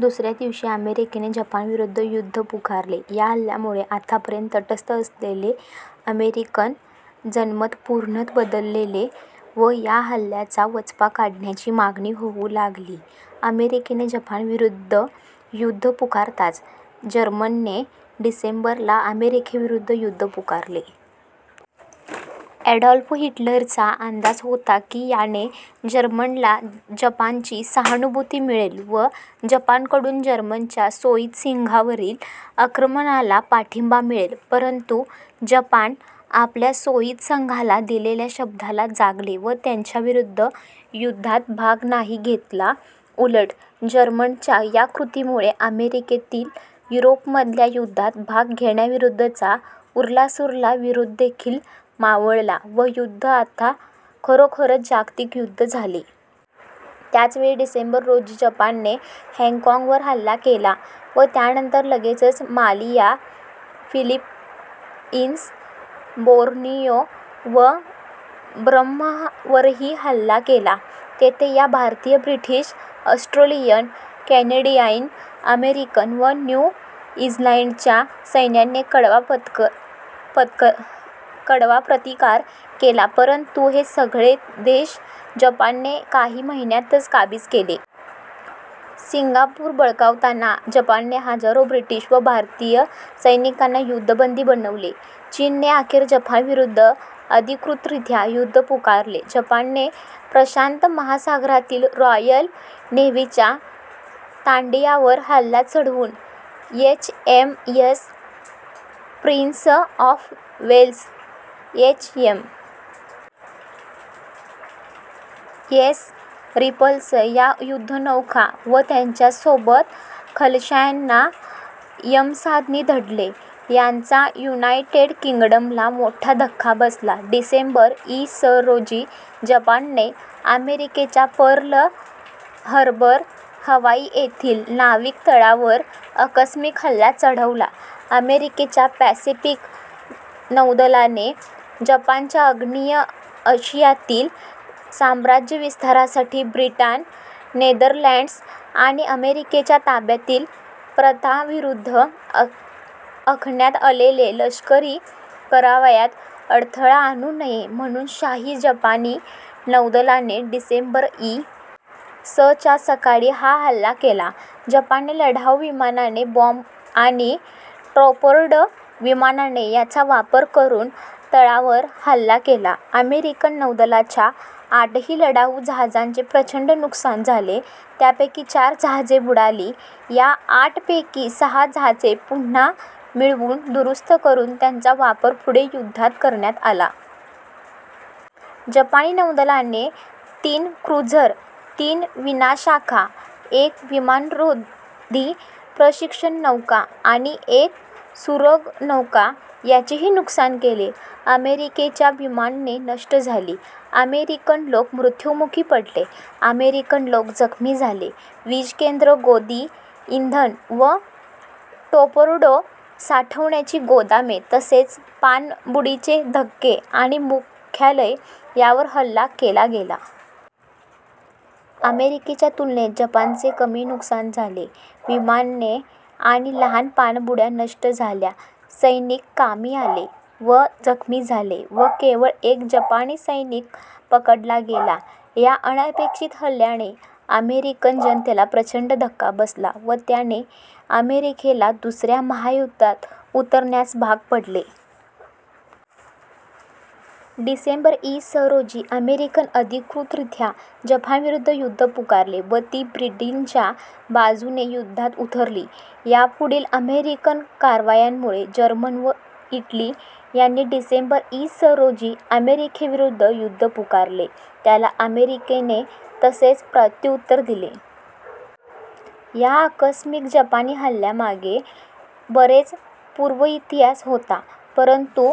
दुसऱ्या दिवशी अमेरिकेने जपानविरुद्ध युद्ध पुकारले. या हल्ल्यामुळे आत्तापर्यंत तटस्थ असलेले अमेरिकन जनमत पूर्णतः बदलले व या हल्ल्याचा वचपा काढण्याची मागणी होऊ लागली. अमेरिकेने जपानविरुद्ध युद्ध पुकारताच जर्मनीने डिसेंबर ला अमेरिकेविरुद्ध युद्ध पुकारले. ॲडॉल्फ हिटलरचा अंदाज होता की याने जर्मनीला जपानची सहानुभूती मिळेल व जपानकडून जर्मनीच्या सोव्हिएत संघावरील आक्रमणाला पाठिंबा मिळेल. परंतु जपान आपल्या सोव्हिएत संघाला दिलेल्या शब्दाला जागले व त्यांच्याविरुद्ध युद्धात भाग नाही घेतला. उलट, जर्मनीच्या या कृतीमुळे अमेरिकेतील युरोपमधल्या युद्धात भाग घेण्याविरुद्धचा उरलासुरला विरोधदेखील मावळला व युद्ध आता खरोखरचे जागतिक युद्ध झाले. त्याचवेळी डिसेंबर रोजी जपानने हॉंग कॉंगवर हल्ला केला व त्यानंतर लगेचच मलाया, फिलिपाईन्स, बॉर्नियो व बर्मावरही हल्ला केला. येथे त्यांना भारतीय, ब्रिटिश, ऑस्ट्रेलियन, केनेडीयन, अमेरिकन व न्यू झीलंडच्या सैन्याने कडवा प्रतिकार केला परंतु हे सगळे प्रदेश जपानने काही महिन्यातच काबीज केले. सिंगापूर बळकावताना जपानने हजारो ब्रिटिश व भारतीय सैनिकांना युद्धबंदी बनवले. चीनने अखेर जपानविरुद्ध अधिकृतरीत्या युद्ध पुकारले. जपानने प्रशांत महासागरातील रॉयल नेव्हीच्या तांड्यावर हल्ला चढवून H. M. S. Prince of Wales, H. M. S. Repulse या युद्धनौका व त्यासोबत खलाश्यांना यमसदनी धाडले. याचा युनायटेड किंग्डमला मोठाच धक्का बसला. डिसेंबर, इ. स. रोजी जपानाने अमेरिकेच्या पर्ल हार्बर, हवाई येथील नाविक तळावर आकस्मिक हल्ला चढवला. अमेरिकेच्या पॅसिफिक नौदलाने जपानाच्या आग्नेय आशियातील साम्राज्यविस्तारासाठी ब्रिटन, नेदरलँड्स् आणि अमेरिकेच्या ताब्यातील प्रांतांविरुद्ध आखण्यात आलेल्या लष्करी कारवायांत अडथळा आणू नये, म्हणून शाही जपानी नौदलाने डिसेंबर, इ. स. च्या सकाळी हा हल्ला केला. जपानी लढाऊ विमाने, बॉंब आणि टॉर्पेडो विमाने यांचा वापर करून तळावर हल्ला केला. अमेरिकन नौदलाच्या आठही लढाऊ जहाजांचे प्रचंड नुकसान झाले. त्यांपैकी चार जहाजे बुडाली. या आठपैकी सहा जहाजे पुन्हा मिळवून्, दुरुस्त करून त्यांचा वापर पुढे युद्धात करण्यात आला. जपानी नौदलाने तीन क्रूझर, तीन विनाशिका, एक विमानविरोधी प्रशिक्षण नौका आणि एक सुरूंगनौका यांचेही नुकसान केले. अमेरिकेची विमाने नष्ट झाली, अमेरिकन लोक मृत्युमुखी पडले, अमेरिकन लोक जखमी झाले. वीजकेंद्र, गोदी, इंधन व टॉर्पेडो साठवण्याची गोदामे तसेच, पाणबुडीचे धक्के आणि मुख्यालय यांवर हल्ला केला गेला नाही. अमेरिकेच्या तुलनेत जपानाचे कमी नुकसान झाले: विमाने आणि लहान पाणबुड्या नष्ट झाल्या, सैनिक कामी आले वा जखमी झाले व केवळ् एक जपानी सैनिक पकडला गेला. ह्या अनपेक्षित हल्ल्याने अमेरिकन जनतेला प्रचंड धक्का बसला व त्याने अमेरिकेला दुसऱ्या महायुद्धात उतरण्यास भाग पाडले. डिसेंबर, इ. स. रोजी अमेरिकेने अधिकृतरीत्या जपानाविरुद्ध युद्ध पुकारले व ती ब्रिटनाच्या बाजूने युद्धात उतरली. यापुढील अमेरिकन कारवायांमुळे जर्मनी व इटली यांनी डिसेंबर, इ. स. रोजी अमेरिकेविरुद्ध युद्ध पुकारले. त्याला अमेरिकेने तसेच प्रत्युत्तर दिले. या आकस्मिक जपानी हल्ल्यामागे बराच पूर्वेतिहास होता, परंतु,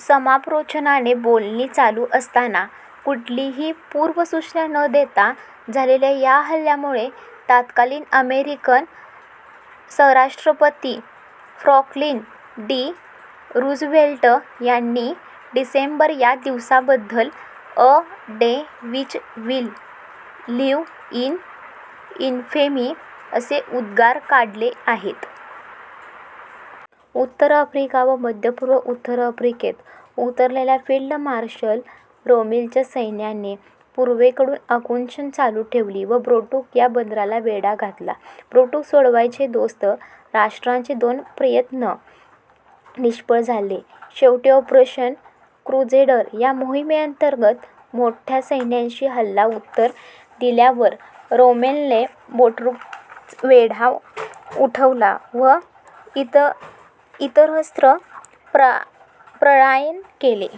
सामोपचाराने बोलणी चालू असताना, कुठलीली पूर्वसूचना न देता झालेल्या ह्या हल्ल्यामुळे तत्कालीन अमेरिकन साष्ट्रपती फ्रॅंकलिन डी. रूझवेल्ट यांनी डिसेंबर, या दिवसाबद्दल 'a date which will live in infamy' असे उद्गार काढले आहेत. उत्तर आफ्रिका व मध्यपूर्व उत्तर आफ्रिकेत उतरलेल्या फील्ड मार्शल रोमेलच्या सैन्याने पूर्वेकडे आगेकूच चालू ठेवली व टोब्रुक या बंदराला वेढा घातला. टोब्रुक सोडवायचे दोस्त राष्ट्रांचे दोन प्रयत्न निष्फळ झाले शेवटी ऑपरेशन क्रुसेडर या मोहीमेंतर्गत मोठ्या सैन्यानिशी हल्ल्याला उत्तर दिल्यावर रोमेलने टोब्रुकचा वेढा उठवला वा इतरत्र प्रयाण केले.